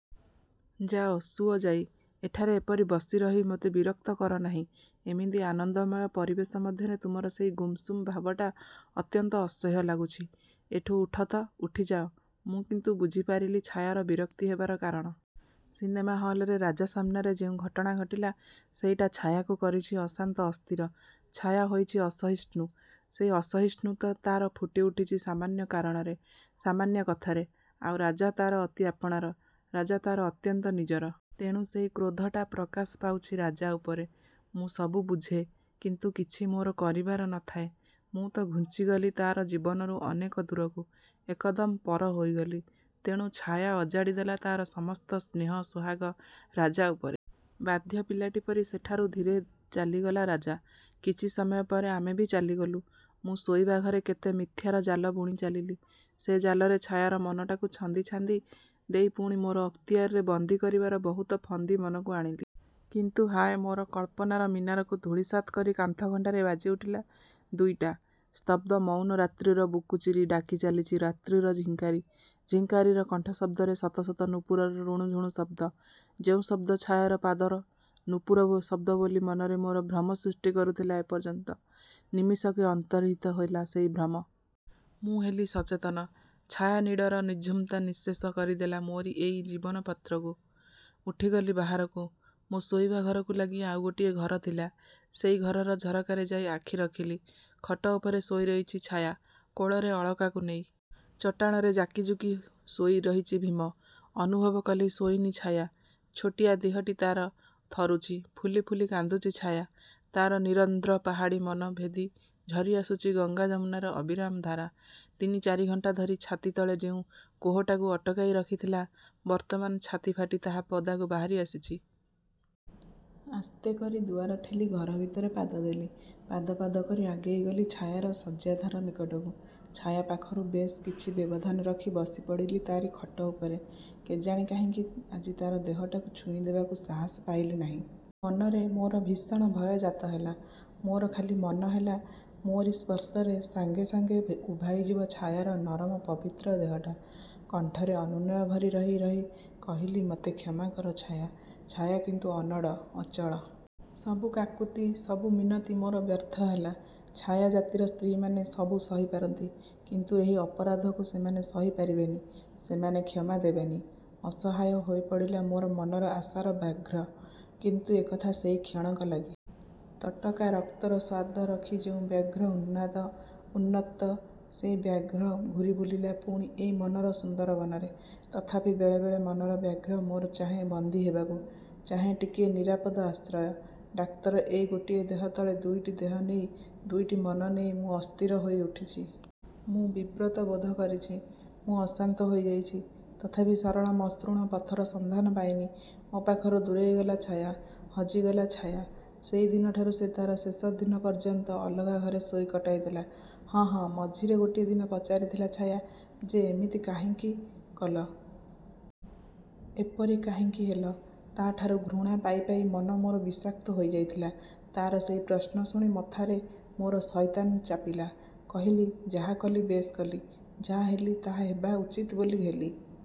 ଯାଅ, ଶୁଅ ଯାଇ। ଏଠାରେ ଏପରି ବସି ରହି ମତେ ବିରକ୍ତ କର ନାହିଁ। ଏମିତି ଆନନ୍ଦମୟ ପରିବେଶ ମଧ୍ୟରେ ତୁମର ସେଇ ଗୁମ୍‌ସୁମ୍ ଭାବଟା ଅତ୍ୟନ୍ତ ଅସହ୍ୟ ଲାଗୁଛି। ଏଠୁ ଉଠ ତ, ଉଠି ଯାଅ। ମୁଁ କିନ୍ତୁ ବୁଝି ପାରିଲି ଛାୟାର ବିରକ୍ତି ହେବାର କାରଣ। ସିନେମା ହଲ୍‌ରେ ରାଜା ସାମନାରେ ଯେଉଁ ଘଟଣା ଘଟିଲା ସେଇଟା ଛାୟାକୁ କରିଛି ଅଶାନ୍ତ ଅସ୍ଥିର। ଛାୟା ହୋଇଛି ଅସହିଷ୍ଣୁ। ସେଇ ଅସହିଷ୍ଣୁତା ତା'ର ଫୁଟି ଉଠୁଛି ସାମାନ୍ୟ କାରଣରେ, ସାମାନ୍ୟ କଥାରେ। ଆଉ ରାଜା ତା'ର ଅତି ଆପଣାର, ରାଜା ତା'ର ଅତ୍ୟନ୍ତ ନିଜର। ତେଣୁ ସେଇ କ୍ରୋଧଟା ପ୍ରକାଶ ପାଉଛି ରାଜା ଉପରେ। ମୁଁ ସବୁ ବୁଝେ, କିନ୍ତୁ କିଛି ମୋର କରିବାର ନ ଥାଏ। ମୁଁ ତ ଘୁଞ୍ଚି ଗଲି ତା'ର ଜୀବନରୁ ଅନେକ ଦୂରକୁ। ଏକଦମ୍ ପର ହୋଇଗଲି। ତେଣୁ ଛାୟା ଅଜାଡ଼ି ଦେଲା ତା'ର ସମସ୍ତ ସ୍ନେହ ସୋହାଗ ରାଜା ଉପରେ। ବାଧ୍ୟ ପିଲାଟି ପରି ସେଠାରୁ ଧୀରେ ଚାଲିଗଲା ରାଜା। କିଛି ସମୟ ପରେ ଆମେ ବି ଚାଲିଗଲୁ। ମୁଁ ଶୋଇବା ଘରେ କେତେ ମିଥ୍ୟାର ଜାଲ ବୁଣି ଚାଲିଲି। ସେ ଜାଲରେ ଛାୟାର ମନଟାକୁ ଛନ୍ଦି ଛାନ୍ଦି ଦେଇ ପୁଣି ମୋର ଅକ୍ତିଆରରେ ବନ୍ଦୀ କରିବାର ବହୁତ ଫନ୍ଦି ମନକୁ ଆଣିଲି। କିନ୍ତୁ ହାୟ, ମୋର କଳ୍ପନାର ମୀନାରକୁ ଧୂଳିସାତ୍ କରି କାନ୍ଥ ଘଣ୍ଟାରେ ବାଜି ଉଠିଲା ଦୁଇଟା। ସ୍ତବ୍ଧ ମଉନ ରାତ୍ରିର ବୁକୁ ଚିରି ଡାକି ଚାଲିଛି ରାତ୍ରିର ଝିଙ୍କାରୀ। ଝିଙ୍କାରୀର କଣ୍ଠ ଶବ୍ଦରେ ଶତ ଶତ ନୂପୁରର ରୁଣୁଝୁଣୁ ଶବ୍ଦ। ଯେଉଁ ଶବ୍ଦ ଛାୟାର ପାଦର ନୂପୁର ଶବ୍ଦ ବୋଲି ମନରେ ମୋର ଭ୍ରମ ସୃଷ୍ଟି କରୁଥିଲା ଏ ପର୍ଯ୍ୟନ୍ତ, ନିମିଷକେ ଅନ୍ତର୍ହିତ ହେଲା ସେଇ ଭ୍ରମ। ମୁଁ ହେଲି ସଚେତନ। "ଛାୟାନୀଡ଼"ର ନିଝୁମତା ନିଃଶେଷ କରିଦେଲା ମୋରି ଏଇ ଜୀବନ ପତ୍ରକୁ। ଉଠି ଗଲି ବାହାରକୁ। ମୋ ଶୋଇବା ଘରକୁ ଲାଗି ଆଉ ଗୋଟିଏ ଘର ଥିଲା। ସେଇ ଘରର ଝରକାରେ ଯାଇ ଆଖି ରଖିଲି। ଖଟ ଉପରେ ଶୋଇ ରହିଛି ଛାୟା କୋଳରେ ଅଳକାକୁ ନେଇ। ଚଟାଣରେ ଜାକି ଜୁକି ଶୋଇ ରହିଛି ଭୀମ। ଅନୁଭବ କଲି ଶୋଇନି ଛାୟା। ଛୋଟିଆ ଦେହଟି ତା'ର ଥରୁଛି, ଫୁଲି ଫୁଲି କାନ୍ଦୁଛି ଛାୟା। ତା'ର ନିରନ୍ଧ୍ର ପାହାଡ଼ି ମନ ଭେଦି ଝରି ଆସୁଛି ଗଙ୍ଗାଯମୁନାର ଅବିରାମ ଧାରା। ତିନି ଚାରି ଘଣ୍ଟା ଧରି ଛାତି ତଳେ ଯେଉଁ କୋହଟାକୁ ଅଟକାଇ ରଖିଥିଲା, ବର୍ତ୍ତମାନ ଛାତି ଫାଟି ତାହା ପଦାକୁ ବାହାରି ଆସିଛି। ଆସ୍ତେ କରି ଦୁଆର ଠେଲି ଘର ଭିତରେ ପାଦ ଦେଲି। ପାଦ ପାଦ କରି ଆଗେଇ ଗଲି ଛାୟାର ଶଯ୍ୟାଧାର ନିକଟକୁ। ଛାୟା ପାଖରୁ ବେଶ୍ କିଛି ବ୍ୟବଧାନ ରଖି ବସି ପଡ଼ିଲି ତା'ରି ଖଟ ଉପରେ। କେଜାଣି କାହିଁକି ଆଜି ତା'ର ଦେହଟାକୁ ଛୁଇଁ ଦେବାକୁ ସାହସ ପାଇଲି ନାହିଁ। ମନରେ ମୋର ଭୀଷଣ ଭୟ ଜାତ ହେଲା। ମୋର ଖାଲି ମନ ହେଲା ମୋରି ସ୍ପର୍ଶରେ ସାଙ୍ଗେ ସାଙ୍ଗେ ଉଭାଇ ଯିବ ଛାୟାର ନରମ ପବିତ୍ର ଦେହଟା। କଣ୍ଠରେ ଅନୁନୟ ଭରି, ରହି ରହି କହିଲି ମତେ କ୍ଷମା କର ଛାୟା। ଛାୟା କିନ୍ତୁ ଅନଡ଼, ଅଚଳ। ସବୁ କାକୁତି, ସବୁ ମିନତି ମୋର ବ୍ୟର୍ଥ ହେଲା। ଛାୟା ଜାତିର ସ୍ତ୍ରୀମାନେ ସବୁ ସହି ପାରନ୍ତି, କିନ୍ତୁ ଏହି ଅପରାଧକୁ ସେମାନେ ସହି ପାରିବେନି। ସେମାନେ କ୍ଷମା ଦେବେନି। ଅସହାୟ ହୋଇ ପଡ଼ିଲା ମୋର ମନର ଆଶାର ବ୍ୟାଘ୍ର। କିନ୍ତୁ ଏକଥା ସେଇ କ୍ଷଣକ ଲାଗି। ତଟକା ରକ୍ତର ସ୍ୱାଦ ରଖି ଯେଉଁ ବ୍ୟାଘ୍ର ଉନାଦ, ଉନତ୍ତ, ସେଇ ବ୍ୟାଘ୍ର ଘୂରି ବୁଲିଲା ପୁଣି ଏଇ ମନର ସୁନ୍ଦରବନରେ। ତଥାପି ବେଳେ ବେଳେ ମନର ବ୍ୟାଘ୍ର ମୋର ଚାହେଁ ବନ୍ଦୀ ହେବାକୁ, ଚାହେଁ ଟିକିଏ ନିରାପଦ ଆଶ୍ରୟ। ଡାକ୍ତର, ଏଇ ଗୋଟିଏ ଦେହ ତଳେ ଦୁଇଟି ଦେହ ନେଇ, ଦୁଇଟି ମନ ନେଇ ମୁଁ ଅସ୍ଥିର ହୋଇ ଉଠିଛି। ମୁଁ ବିବ୍ରତ ବୋଧ କରିଛି, ମୁଁ ଅଶାନ୍ତ ହୋଇଯାଇଛି। ତଥାପି ସରଳ ମସୃଣ ପଥର ସନ୍ଧାନ ପାଇନି। ମୋ ପାଖରୁ ଦୂରେଇ ଗଲା ଛାୟା, ହଜିଗଲା ଛାୟା! ସେଇ ଦିନଠାରୁ ସେ ତା'ର ଶେଷ ଦିନ ପର୍ଯ୍ୟନ୍ତ ଅଲଗା ଘରେ ଶୋଇ କଟାଇ ଦେଲା। ହଁ, ହଁ, ମଝିରେ ଗୋଟିଏ ଦିନ ପଚାରିଥିଲା ଛାୟା ଯେ ଏମିତି କାହିଁକି କଲ? ଏପରି କାହିଁକି ହେଲ? ତା'ଠାରୁ ଘୃଣା ପାଇ ପାଇ ମନ ମୋର ବିଷାକ୍ତ ହୋଇଯାଇଥିଲା। ତା'ର ସେଇ ପ୍ରଶ୍ନ ଶୁଣି ମଥାରେ ମୋର ଶଇତାନ ଚାପିଲା। କହିଲି ଯାହା କଲି ବେଶ୍ କଲି, ଯାହା ହେଲି ତାହା ହେବା ଉଚିତ ବୋଲି ହେଲି।